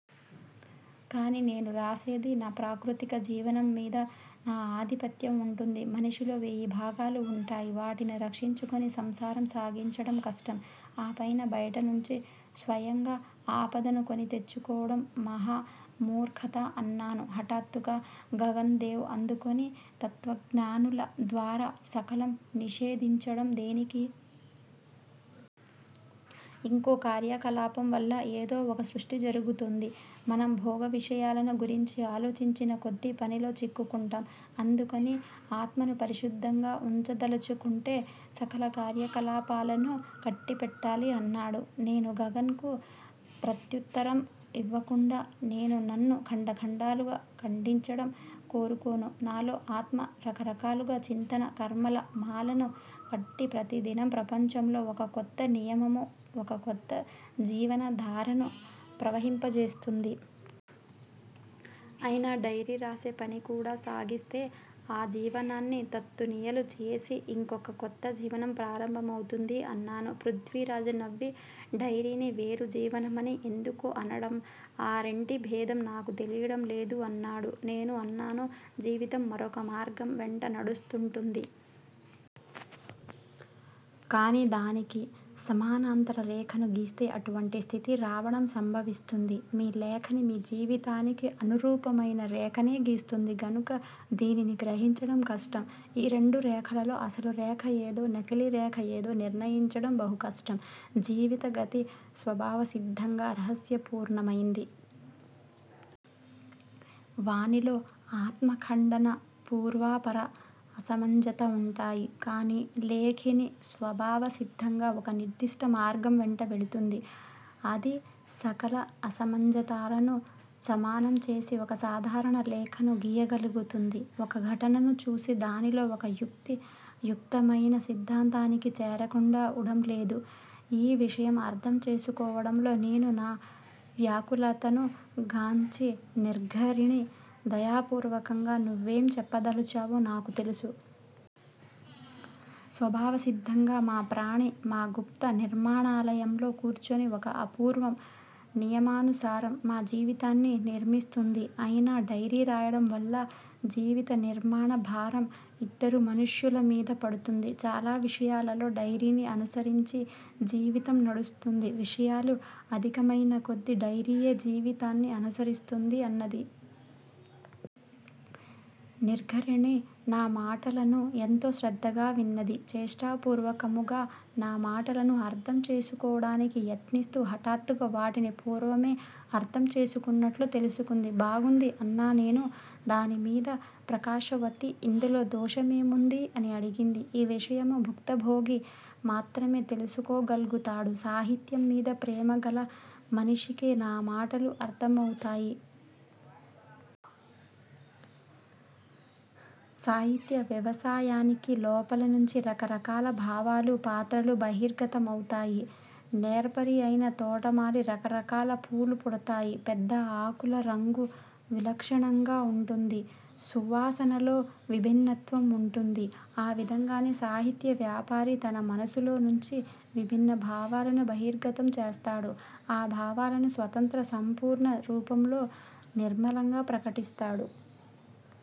కాని నేను రాసేది నా ప్రాకృతిక జీవనం మీద. నా ఆధిపత్యం వుంటుంది. మనిషిలో వేయి భాగాలు వుంటాయి. వాటిని రక్షించుకుని సంసారం సాగించడం కష్టం. ఆ పైన బయట నుంచి స్వయంగా ఆపదను కొని తెచ్చుకోవడం మహా మూర్ఖత అన్నాను. హఠాత్తుగా గగన్ దేవ్, అందుకని తత్వజ్ఞానుల ద్వారా సకలం నిషేధించడం దేనికి! యింకో కార్యకలాపం వల్ల ఏదో ఒక సృష్టి జరుగుతుంది. మనం భోగ విషయాలను గురించి ఆలోచించినకొద్దీ పనిలో చిక్కుకుంటాం. అందుకని ఆత్మను పరిశుద్దంగా వుంచదలచుకుంటే సకల కార్యకలాపాలను కట్టిపెట్టాలి అన్నాడు. నేను గగన్ కు ప్రత్యుత్తరం ఇవ్వకుండా, నేను నన్ను ఖండఖండాలుగా ఖండిచడం కోరుకోను. నాలో ఆత్మ రకరకాలుగా చింతన, కర్మల మాలను కట్టి ప్రతిదినం ప్రపంచంలో ఒకకొత్త నియమము ఒక కొత్త జీవనధారను ప్రవహింపజేస్తుంది. అయినా డైరీ రాసే పనికూడా సాగిస్తే ఆ జీవనాన్ని తత్తునియలు చేసి యింకొక కొత్త జీవనం ప్రారంభమవుతుంది అన్నాను. పృద్వీరాజ్ నవ్వి డైరీని వేరు జీవనమని యెందుకు అనడం? ఆ రెంటి భేదం నాకూ తెలియడం లేదు అన్నాడు. నేను అన్నాను, జీవితం మరొక మార్గం వెంట నడుస్తూంటుంది. కాని దానికి సమానాంతర రేఖను గీస్తే అటువంటి స్థితి రావడం సంభవిస్తుంది. మీ లేఖని మీ జీవితానికి అనురూపమయిన రేఖనే గీస్తుంది గనక దీనిని గ్రహించడం కష్టం ఈ రెండు రేఖలలో అసలు రేఖ యేదో, నకిలీ రేఖ యేదో నిర్ణయించడం బహు కష్టం. జీవితగతి స్వబావ సిద్దంగా రహస్యపూర్ణమయింది. వానిలో ఆత్మఖండన, పూర్వాపర అసమంజత వుంటాయి. కాని లేఖిని స్వబావ సిద్దంగా ఒకనిర్దిష్ట మార్గం వెంట వెళుతుంది. అది సకల అసమంజతాలను సమానం చేసి ఒక సాధారణ రేఖను గీయగలుగుతుంది. ఒక ఘటనను చూసి దానిలో ఒకయుక్తి యుక్తమయిన సిద్దాంతానికి చేరకుండా వుడంలేదు. ఈ విషయం అర్దం చేసుకోవడంలో నేను నా వ్యాకులతను గాంచి నిర్ఘరిణి దయాపూర్వకంగా నువ్వేం చెప్పదలచావో నాకు తెలుసు. స్వభావ సిద్దంగా మా ప్రాణి మా గుప్త నిర్మాణాలయంలో కూర్చుని ఒక అపూర్వం నియమానుసారం మా జీవితాన్ని నిర్మిస్తుంది. అయినా డైరీ రాయడం వల్ల జీవిత నిర్మాణ భారం యిద్దరు మనుష్యుల మీద పడుతుంది. చాలా విషయాలలో డైరీని అనుసరించి జీవితం నడుస్తుంది. విషయాలు అధికమయినకొద్దీ డైరీయే జీవితాన్ని అనుసరిస్తుంది అన్నది. నిర్ఘరిణి నా మాటలను ఎంతో శ్రద్దగా విన్నది. చేష్టాపూర్వకముగా నా మాటలను అర్దం చేసుకోవడానికి యత్నిస్తూ హఠాత్తుగా వాటిని పూర్వమే అర్దం చేసుకున్నట్లు తెలుసుకుంది. బాగుంది అన్నానేను. దానిమీద ప్రకాశవతి, ఇందులో దోషమేముంది? అని అడిగింది. ఈ విషయం భుక్తభోగి మాత్రమే తెలుసుకోగల్గుతాడు. సాహిత్యం మీద ప్రేమగల మనిషికే నా మాటలు అర్దమవుతాయి. సాహిత్య వ్యవసాయానికి లోపలనుంచి రకరకాల భావాలు, పాత్రలు బహిర్గత మవుతాయి. నేర్పరియైన తోటమాలి రకరకాల పూలు పుడతాయి. పెద్ద ఆకుల రంగు విలక్షణంగా వుంటుంది. సువాసనలో విభిన్నత్వం వుంటుంది. ఆ విధంగానే సాహిత్య వ్యాపారి తన మనసులో నుంచి విబిన్న భావాలను బహిర్గతం చేస్తాడు. ఆ భావాలను స్వతంత్ర సంపూర్ణ రూపంలో నిర్మలంగా ప్రకటిస్తాడు.